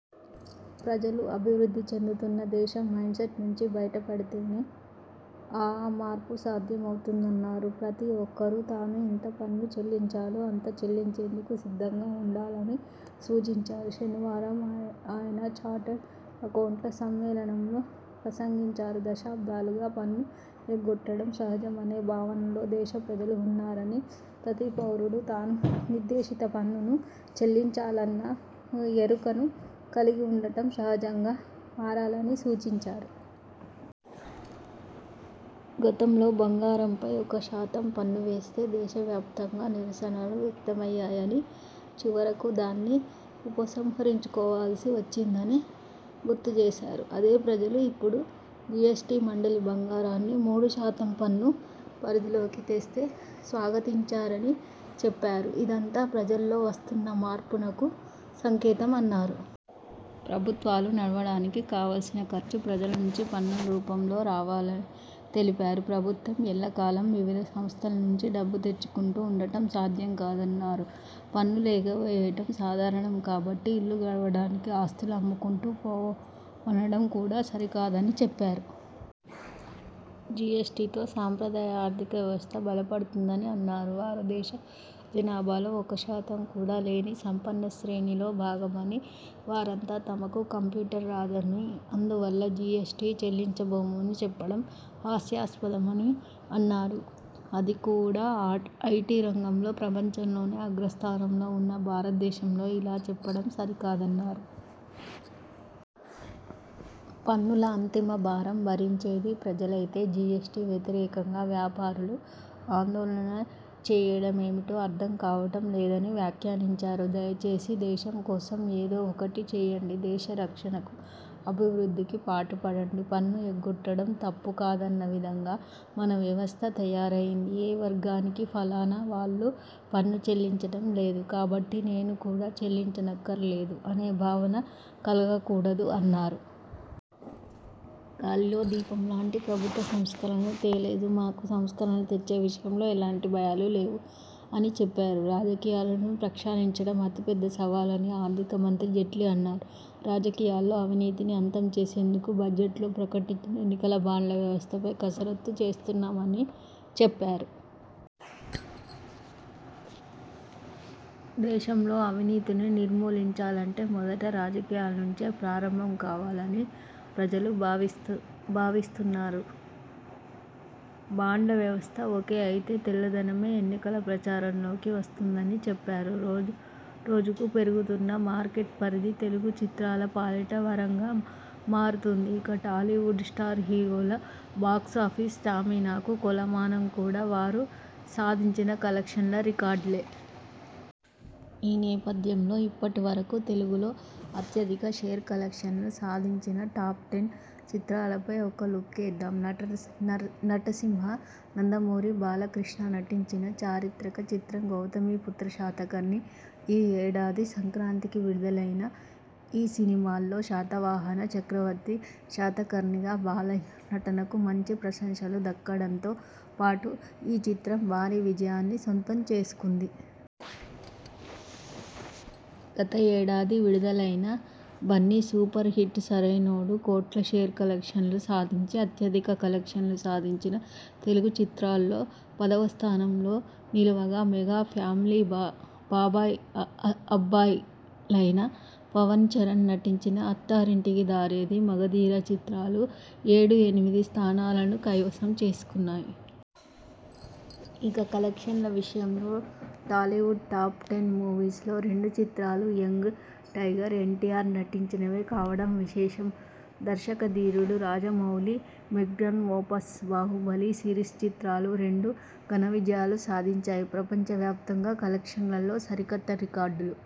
ప్రజలు అభివృద్ధి చెందుతున్న దేశం మైండ్సెట్ నుంచి బయటపడితేనే ఆ మార్పు సాధ్యమవుతుందన్నారు. ప్రతీ ఒక్కరూ తాను ఎంత పన్ను చెల్లించాలో అంత చెల్లించేందుకు సిద్ధంగా ఉండాలని సూచించారు. శనివారం ఆయన చార్టర్డ్ అకౌంటెంట్ల సమ్మేళనంలో ప్రసంగించారు. దశాబ్దాలుగా పన్ను ఎగ్గొట్టడం సహజమనే భావనలో దేశ ప్రజలు ఉన్నారని, ప్రతీ పౌరుడూ తాను నిర్దేశిత పన్నును చెల్లించాలన్న ఎరుకను కలిగి ఉండటం సహజంగా మారాలని సూచించారు. గతంలో బంగారం పై ఒకశాతం పన్ను వేస్తే దేశవ్యాప్తంగా నిరసనలు వ్యక్తమయ్యాయని, చివరకు దాన్ని ఉపసంహరించుకోవాల్సి వచ్చిందని గుర్తు చేశారు. అదే ప్రజలు ఇప్పుడు జీఎస్టీ మండలి బంగారాన్ని మూడు శాతం పన్ను పరిధిలోకి తెస్తే స్వాగతించారని చెప్పారు. ఇదంతా ప్రజల్లో వస్తున్న మార్పునకు సంకేతమన్నారు. ప్రభుత్వాలు నడవడానికి కావల్సిన ఖర్చు ప్రజల నుంచి పన్నుల రూపంలోనే రావాలని తెలిపారు. ప్రభుత్వం ఎల్ల కాలం వివిధ సంస్థల నుంచి డబ్బులు తెచ్చుకుంటూ ఉండటం సాధ్యం కాదన్నారు. పన్నులు ఎగవేయడం సాధారణం కాబట్టి ఇల్లు గడవడానికి ఆస్తులు అమ్ముకుంటూ పోదా మనడం కూడా సరికాదని చెప్పారు. జీఎస్టీతో సంప్రదాయ ఆర్థిక వ్యవస్థ బలపడుతుందని అన్నారు. వారు దేశ జనాభాలో ఒక శాతం కూడా లేని సంపన్న శ్రేణిలో భాగమని, వారంతా తమకు కంప్యూటర్ రాదని, అందువల్ల జీఎస్టీ చెల్లించబోమని చెప్పడం హాస్యాస్పదమని అన్నారు. అది కూడా ఐటీ రంగంలో ప్రపంచంలోనే అగ్రస్థానంలో ఉన్న భారతదేశంలో ఇలా చెప్పడం సరికాదన్నారు. పన్నుల అంతిమభారం భరించేది ప్రజలైతే జీఎస్టీకి వ్యతిరేకంగా వ్యాపారులు ఆందోళన చేయడమేమిటో అర్థం కావడం లేదని వ్యాఖ్యానించారు. దయచేసి దేశం కోసం ఏదో ఒకటి చేయండి. దేశరక్షణకు, అభివృద్ధికి పాటుపడండి. పన్ను ఎగ్గొట్టడం తప్పు కాదన్న విధంగా మన వ్యవస్థ తయారైంది. ఏ వర్గానికీ ఫలానా వాళ్లు పన్ను చెల్లించడం లేదు కాబట్టి నేను కూడా చెల్లించనక్కరలేదు అనే భావన కలగకూడదు అన్నారు. గాలిలో దీపం లాంటి ప్రభుత్వం సంస్కరణలు తేలేదు. మాకు సంస్కరణలు తెచ్చే విషయంలో ఎలాంటి భయాలూ లేవు అని చెప్పారు. రాజకీయాలను ప్రక్షాళించడం అతి పెద్ద సవాలని ఆర్థిక మంత్రి జైట్లీ అన్నారు. రాజకీయాల్లో అవినీతిని అంతం చేసేందుకు బడ్జెట్లో ప్రకటించిన ఎన్నికల బాండ్ల వ్యవస్థపై కసరత్తు చేస్తున్నామని చెప్పారు. దేశంలో అవినీతిని నిర్మూలించాలంటే మొదట రాజకీయాల నుంచే ప్రారంభం కావాలని ప్రజలు భావిస్తున్నారన్నారు. బాండ్ల వ్యవస్థ ఓకే అయితే తెల్లధనమే ఎన్నికల ప్రచారంలోకి వస్తుందని చెప్పారు. రోజు రోజుకు పెరుగుతోన్న మార్కెట్ పరిధి తెలుగు చిత్రాల పాలిట వరంగా మారుతోంది. ఇక టాలీవుడ్ స్టార్ హీరోల బాక్సాఫీస్ స్టామినాకు కొలమానం కూడా వారు సాధించిన కలెక్షన్ల రికార్డులే. ఈ నేపథ్యంలో ఇప్పటి వరకూ తెలుగులో అత్యధిక షేర్ కలెక్షన్స్ సాధించిన టాప్ టెన్ చిత్రాలపై ఓ లుక్కేద్దాం. నటసింహ నందమూరి బాలకృష్ణ నటించిన చారిత్రక చిత్రం 'గౌతమీపుత్ర శాతకర్ణి'. ఈ ఏడాది సంక్రాంతికి విడుదలైన ఈ సినిమాలో శాతవాహన చక్రవర్తి శాతకర్ణిగా బాలయ్య నటనకు మంచి ప్రశంసలు దక్కడంతో పాటు ఈ చిత్రం భారీ విజయాన్ని సొంతం చేసుకుంది. గత ఏడాది విడుదలైన బన్నీ సూపర్ హిట్ 'సరైనోడు' కోట్ల షేర్ కలెక్షన్లను సాధించి అత్యధిక కలెక్షన్లు సాధించిన తెలుగు చిత్రాల్లో పదవ స్థానంలో నిలవగా మెగా ఫ్యామిలీ బాబాయ్ అబ్బాయి లైన పవన్ ,చరణ్ నటించిన 'అత్తారింటికి దారేది', 'మగధీర' చిత్రాలు ఏడు, ఎనిమిది స్థానాలను కైవసం చేసుకున్నాయి. ఇక కలెక్షన్ల విషయంలో టాలీవుడ్ టాప్ టెన్ మూవీస్ లో రెండు చిత్రాలు యంగ్ టైగర్ ఎన్టీఆర్ నటించినవే కావడం విశేషం. దర్శకధీరుడు Rajamouli magnum opus 'Baahubali' series చిత్రాలు రెండూ ఘన విజయాలు సాధించాయి. ప్రపంచవ్యాప్తంగా కలెక్షన్లలో సరికొత్త రికార్డులు